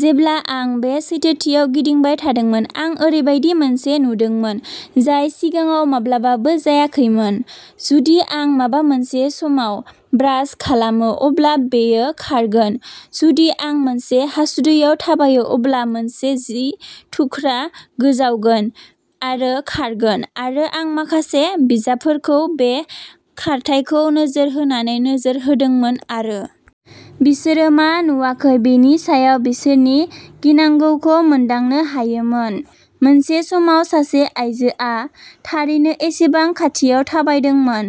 जेब्ला आं बे सैथोथियाव गिदिंबाय थादोंमोन, आं ओरैबायदि मोनसे नुदोंमोन जाय सिगाङाव माब्लाबाबो जायाखैमोन। जुदि आं माबा मोनसे सायाव ब्रास खालामो, अब्ला बेयो खारगोन। जुदि आं मोनसे हासुदैआव थाबायो, अब्ला मोनसे जि थुख्रा गोजावगोन आरो खारगोन, आरो आं माखासे जिबफोरखौ बे खारथायखौ नोजोर होनानै नोजोर होदोंमोन आरो। बिसोर मा नुवाखै बेनि सायाव बिसोरनि गिनांगौखौ मोनदांनो हायोमोन। मोनसे समाव सासे आइजोआ थारैनो एसेबां खाथियाव थाबायदोंमोन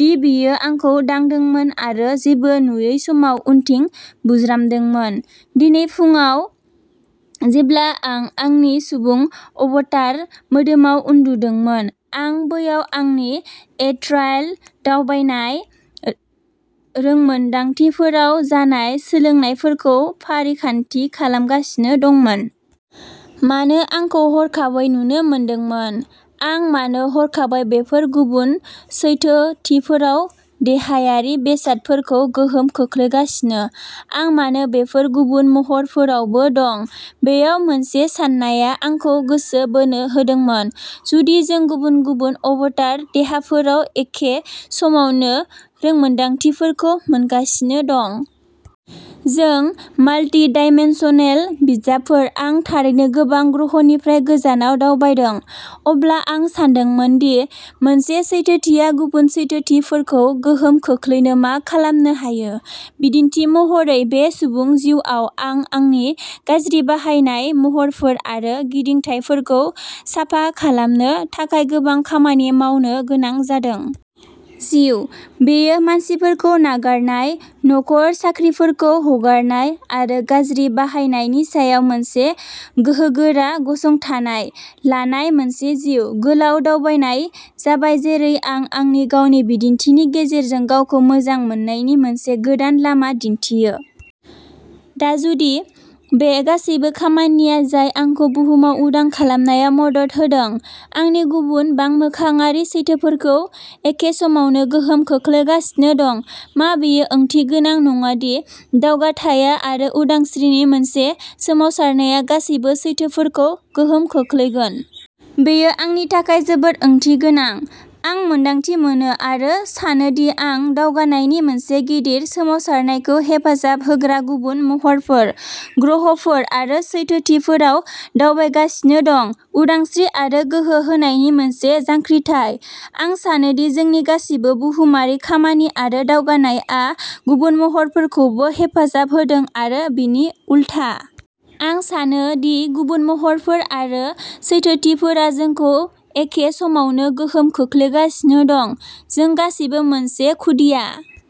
दि बियो आंखौ दांदोंमोन आरो जेबो नुयै समाव उनथिं बाज्रुमदोंमोन। दिनै फुंआव जेब्ला आं आंनि सुबुं अबतार मोदोमाव उन्दुदोंमोन, आं बैयाव आंनि एस्ट्राल दावबायनाय रोंमोनदांथिफोराव जानाय सोलायनायफोरखौ फारिखान्थि खालामगासिनो दंमोन। मानो आंखौ हरखाबै नुनो मोनदों? आं मानो हरखाबै बेफोर गुबुन सैथोथिफोराव देहायारि बेसादफोरखौ गोहोम खोख्लैगासिनो? आं मानो बेफोर गुबुन महरफोरावबो दं? बेयाव मोनसे साननाया आंखौ गोसो बोनो हादोंमोन। जुदि जों गुबुन-गुबुन अबतार देहाफोराव एखे समावनो रोंमोनदांथिफोरखौ मोनगासिनो दं? जों माल्टिडाइमेनशनेल जिबफोर, आं थारैनो गोबां ग्रहनिफ्राय गोजानाव दावबायदों। अब्ला आं सानदोंमोन दि मोनसे सैथोथिया गुबुन सैथोथिफोरखौ गोहोम खोख्लैनो मा खालामनो हायो। बिदिन्थि महरै, बे सुबुं जिउआव आं आंनि गाज्रि बाहायनाय महरफोर आरो गिदिंथायफोरखौ साफा खालामनो थाखाय गोबां खामानि मावनो गोनां जादों। जिउ। बेयो मानसिफोरखौ नागारनाय, नखर, साख्रिफोरखौ हगारनाय आरो गाज्रि बाहायनायनि सायाव मोनसे गोहोगोरा गसंथानाय लानाय मोनसे जिउ गोलाव दावबायनाय जाबाय, जेरै आं आंनि गावनि बिदिन्थिनि गेजेरजों गावखौ मोजां मोननायनि मोनसे गोदान लामा दिन्थियो। दा, जुदि बे गासैबो खामानिया जाय आंखौ बुहुमाव उदां खालामनायाव मदद होदों, आंनि गुबुन बांमोखाङारि सैथोफोरखौ एखे समावनो गोहोम खोख्लैगासिनो दं? मा बेयो ओंथिगोनां नङा दि दावगाथाय आरो उदांस्रिनि मोनसे सोमावसारनाया गासैबो सैथोफोरखौ गोहोम खोख्लैगोन? बेयो आंनि थाखाय जोबोद ओंथिगोनां। आं मोन्दांथि मोनो आरो सानोदि आं दावगाथायनि मोनसे गिदिर सोमावसारनायखौ हेफाजाब होग्रा गुबुन महरफोर, ग्रहफोर आरो सैथोथिफोराव दावबायगासिनो दं। उदांस्रि आरो गोहो होनायनि मोनसे जांख्रिथाय। आं सानोदि जोंनि गासैबो बुहुमारि खामानि आरो दावगानायआ गुबुन महरफोरखौबो हेफाजाब होदों आरो बिनि उलथा। आं सानो दि गुबुन महरफोर आरो सैथोथिफोरा जोंखौ एखे समावनो गोहोम खोख्लैगासिनो दं, जों गासैबो मोनसे खुदिया!